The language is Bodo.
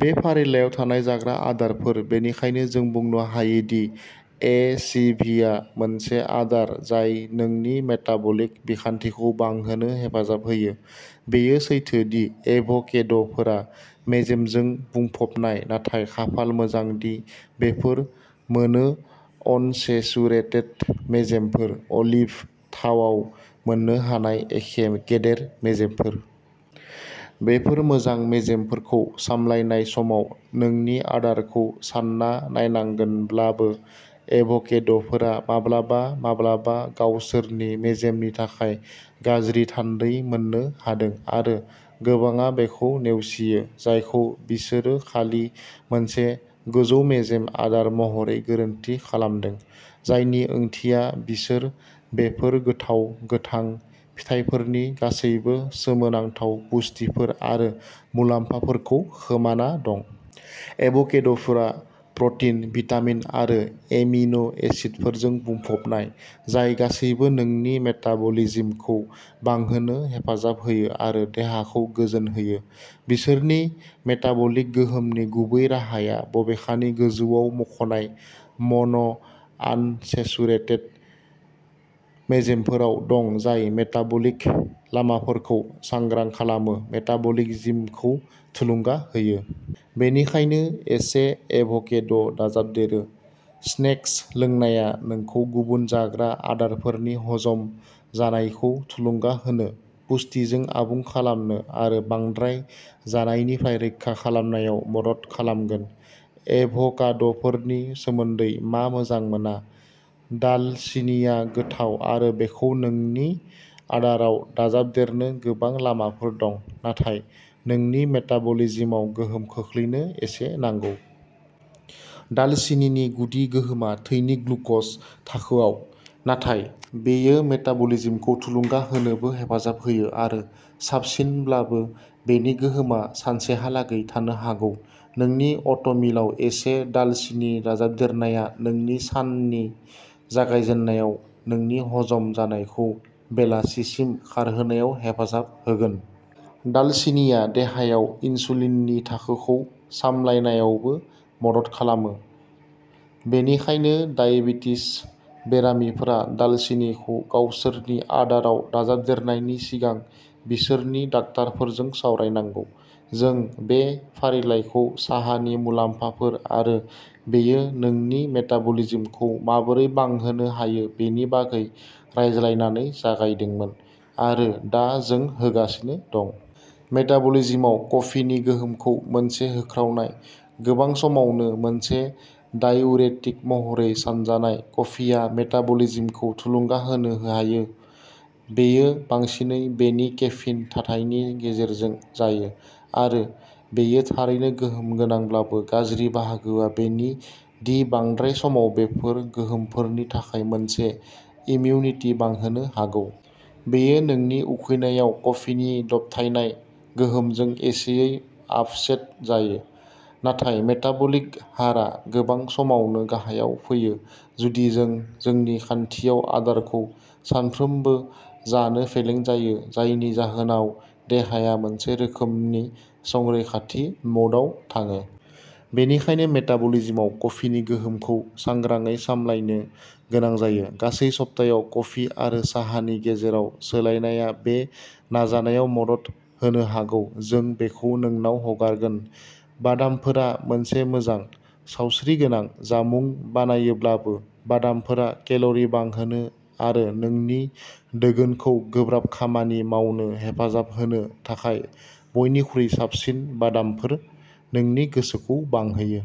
बे फारिलाइयाव थानाय जाग्रा आदारफोर बेनिखायनो जों बुंनो हायो दि ए सि भि आ मोनसे आदार जाय नोंनि मेटाबलिक बिखान्थिखौ बांहोनो हेफाजाब होयो। बेयो सैथो दि एभ'केड'फोरा मेजेमजों बुंफबनाय, नाथाय खाफाल मोजां दि बेफोर मोनो अनसेचुरेटेड मेजेमफोर अलिभ थावाव मोन्नो हानाय एखे गेदेर मेजेमफोर। बेफोर मोजां मेजेमफोरखौ सामलायनाय समाव नोंनि आदारखौ सानना नायनांगोनब्लाबो, एभ'केड'फोरा माब्लाबा माब्लाबा गावसोरनि मेजेमनि थाखाय गाज्रि थान्दै मोननो हादों आरो गोबांआ बेखौ नेवसियो जायखौ बिसोरो खालि मोनसे गोजौ मेजेम आदार महरै गोरोन्थि खालामदों, जायनि ओंथिया बिसोर बेफोर गोथाव गोथां फिथाइफोरनि गासैबो सोमोनांथाव पुष्टिफोर आरो मुलाम्फाफोरखौ खोमाना दं। एभ'केड'फोरा प्र'टिन, भिटामिन आरो एमिन' एसिडफोरजों बुंफबनाय, जाय गासैबो नोंनि मेटाबलिज्मखौ बांहोनो हेफाजाब होयो आरो देहाखौ गोजोनहोयो। बिसोरनि मेटाबलिक गोहोमनि गुबै राहाया बबेखानि गोजौआव मख'नाय मन'आनसेचुरेटेड मेजेमफोराव दं जाय मेटाबलिक लामाफोरखौ सांग्रां खालामो, मेटाबलिज्मखौ थुलुंगा होयो। बेनिखायनो, एसे एभ'केड' दाजाबदेरो। स्नेक्स लोंनाया नोंखौ गुबुन जाग्रा आदारफोरनि हजम जानायखौ थुलुंगा होनो, पुष्टिजों आबुं खालामनो आरो बांद्राय जानायनिफ्राय रैखा खालामनायाव मदद खालामगोन। एभकाड'फोरनि सोमोन्दै मा मोजां मोना? दालसिनिआ गोथाव आरो बेखौ नोंनि आदाराव दाजाबदेरनो गोबां लामाफोर दं, नाथाय नोंनि मेटाबलिज्मआव गोहोम खोख्लैनो एसे नांगौ। दालसिनिनि गुदि गोहोमा थैनि ग्लुकज थाखोआव, नाथाय बेयो मेटाबलिज्मखौ थुलुंगा होनोबो हेफाजाब होयो आरो साबसिनब्लाबो, बेनि गोहोमा सानसेहालागै थानो हागौ। नोंनि अ'टमिलाव एसे दालसिनि दाजाबदेरनाया, नोंनि साननि जागायजेन्नायाव, नोंनि हजम जानायखौ बेलासिसिम खारहोनायाव हेफाजाब होगोन। दालसिनिआ देहायाव इनसुलिननि थाखोखौ सामलायनायावबो मदद खालामो, बेनिखायनो डायबेटिस बेरामिफोरा दालसिनिखौ गावसोरनि आदाराव दाजाबदेरनायनि सिगां बिसोरनि डाक्टारफोरजों सावरायनांगौ। जों बे फारिलाइखौ साहानि मुलाम्फाफोर आरो बेयो नोंनि मेटाबलिज्मखौ माबोरै बांहोनो हायो बेनि बागै रायज्लायनानै जागायदोंमोन, आरो दा जों होगासिनो दं। मेटाबलिज्मआव कफिनि गोहोमखौ मोनसे होख्रावनाय। गोबां समावनो मोनसे डाइउरेटिक महरै सानजानाय, कफिआ मेटाबलिज्मखौ थुलुंगा होनो हायो। बेयो बांसिनै बेनि केफिन थाथायनि गेजेरजों जायो, आरो बेयो थारैनो गोहोम गोनांब्लाबो गाज्रि बाहागोआ बेनो दि बांद्राय समाव बेफोर गोहोमफोरनि थाखाय मोनसे इमिउनिटि बांहोनो हागौ। बेयो नोंनि उखैनायाव कफिनि दबथायनाय गोहोमजों एसेयै आफसेट जायो, नाथाय मेटाबलिक हारआ गोबां समावनो गाहायाव फैयो जुदि जों जोंनि खान्थियाव आदारखौ सानफ्रोमबो जानो फेलें जायो जायनि जाहोनाव देहाया मोनसे रोखोमनि संरैखाथि म'डआव थाङो। बेनिखायनो मेटाबलिज्मआव कफिनि गोहोमखौ सांग्राङै सामलायनो गोनां जायो। गासै सप्ताआव कफि आरो साहानि गेजेराव सोलायनाया बे नाजानायाव मदद होनो हागौ जों बेखौ नोंनाव हगारगोन। बादामफोरा मोनसे मोजां, सावस्रिगोनां जामुं बानायोब्लाबो, बादामफोरा केल'रि बांहोनो आरो नोंनि दोगोनखौ गोब्राब खामानि मावनो हेफाजाब होनो थाखाय बयनिख्रुइ साबसिन बादामफोर, नोंनि गोसोखौ बांहोयो।